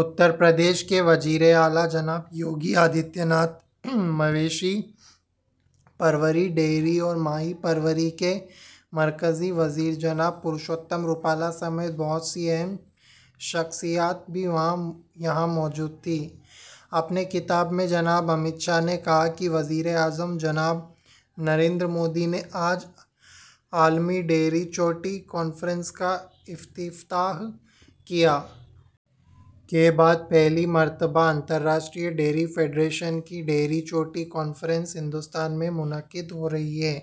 اترپردیش کے وزیراعلی جناب یوگی آدتیہ ناتھ مویشی پروری ڈیری اور ماہی پروری کے مرکزی وزیر جناب پرشوتم روپالا سمیت بہت سی اہم شخصیتیں بھی یہاں موجود تھیں۔ اپنے خطاب میں جناب امت شاہ نے کہا کہ وزیراعظم جناب نریندر مودی نے آج عالمی ڈیری چوٹی کانفرنس کا افتتاح کیا۔ کے بعد پہلی مرتبہ بین الاقوامی ڈیری فیڈریشن کی ڈیری چوٹی کانفرنس ہندوستان میں منعقد ہورہی ہے۔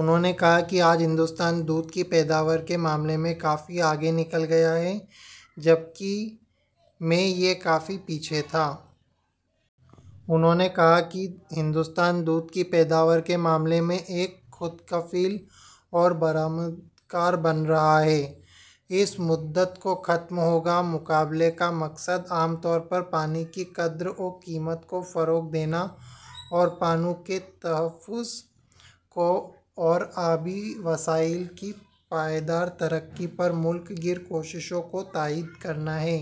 انہوں نے کہا کہ آج ہندوستان دودھ کی پیداوار کے معاملے میں کافی آگے نکل گیا ہے جبکہ میں یہ کافی پیچھے تھا۔ انہوں نے کہا کہ ہندوستان دودھ کی پیداوار کے معاملے میں ایک خود کفیل اور برآمد کار بن رہا ہے۔ اس مدت کو ختم ہوگا۔ مقابلے کا مقصد عام طور پر پانی کی قدر و قیمت کو فروغ دینا اور پانی کے تحفظ اور آبی وسائل کی پائیدار ترقی پر ملک گیر کوششوں کی تائید کرنا ہے۔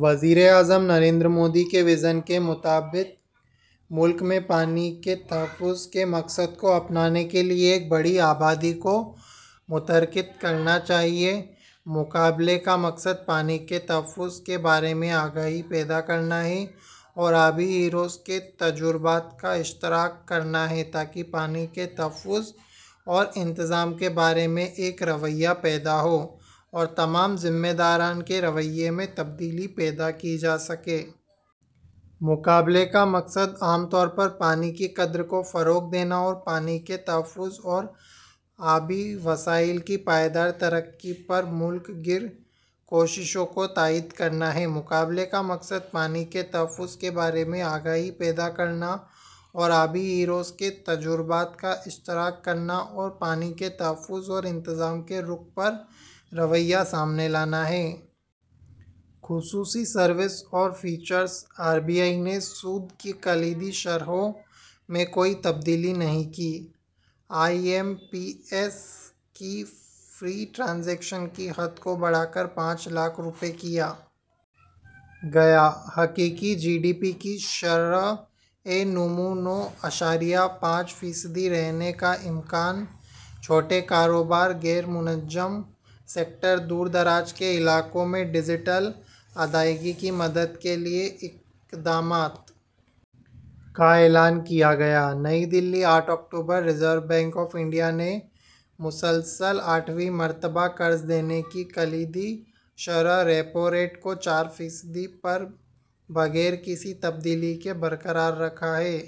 وزیر اعظم نریندر مودی کے ویژن کے مطابق ملک میں پانی کے تحفظ کے مقصد کو اپنانے کے لئے ایک بڑی آبادی کو متحرک کرنا چاہیے۔ مقابلے کا مقصد پانی کے تحفظ کے بارے میں آگاہی پیدا کرنا اور آبی ہیروز کے تجربات کا اشتراک کرنا ہے تاکہ پانی کے تحفظ اور انتظام کے بارے میں ایک رویہ پیدا ہو اور تمام ذمہ داران کے رویے میں تبدیلی پیدا کی جا سکے۔ مقابلے کا مقصد عام طور پر پانی کی قدر کو فروغ دینا اور پانی کے تحفظ اور آبی وسائل کی پائیدار ترقی پر ملک گیر کوششوں کی تائید کرنا ہے۔ مقابلے کا مقصد پانی کے تحفظ کے بارے میں آگاہی پیدا کرنا اور آبی ہیروز کے تجربات کا اشتراک کرنا اور پانی کے تحفظ اور انتظام کے رُخ پر رویہ سامنے لانا ہے۔ خصوصی سروس اور فیچرس آر بی آئی نے سود کی کلیدی شرحوں میں کوئی تبدیلی نہیں کی آئی ایم پی ایس کی فی ٹرانزیکشن کی حد کو بڑھا کر پانچ لاکھ روپئے کیا گیا حقیقی جی ڈی پی کی شرح نمو نو اعشاریہ پانچ فی صد رہنے کا امکان چھوٹے کاروبار غیر منظم سیکٹر دور دراز کے علاقوں میں ڈجیٹل ادائیگی کی مدد کے لئے اقدامات کا اعلان کیا گیا نئی دلّی آٹھ اکتوبر ریزرو بینک آف انڈیا نے مسلسل آٹھویں مرتبہ قرض دینے کی کلیدی شرح ریپو ریٹ کو چار فی صد پر بغیر کسی تبدیلی کے برقرار رکھا ہے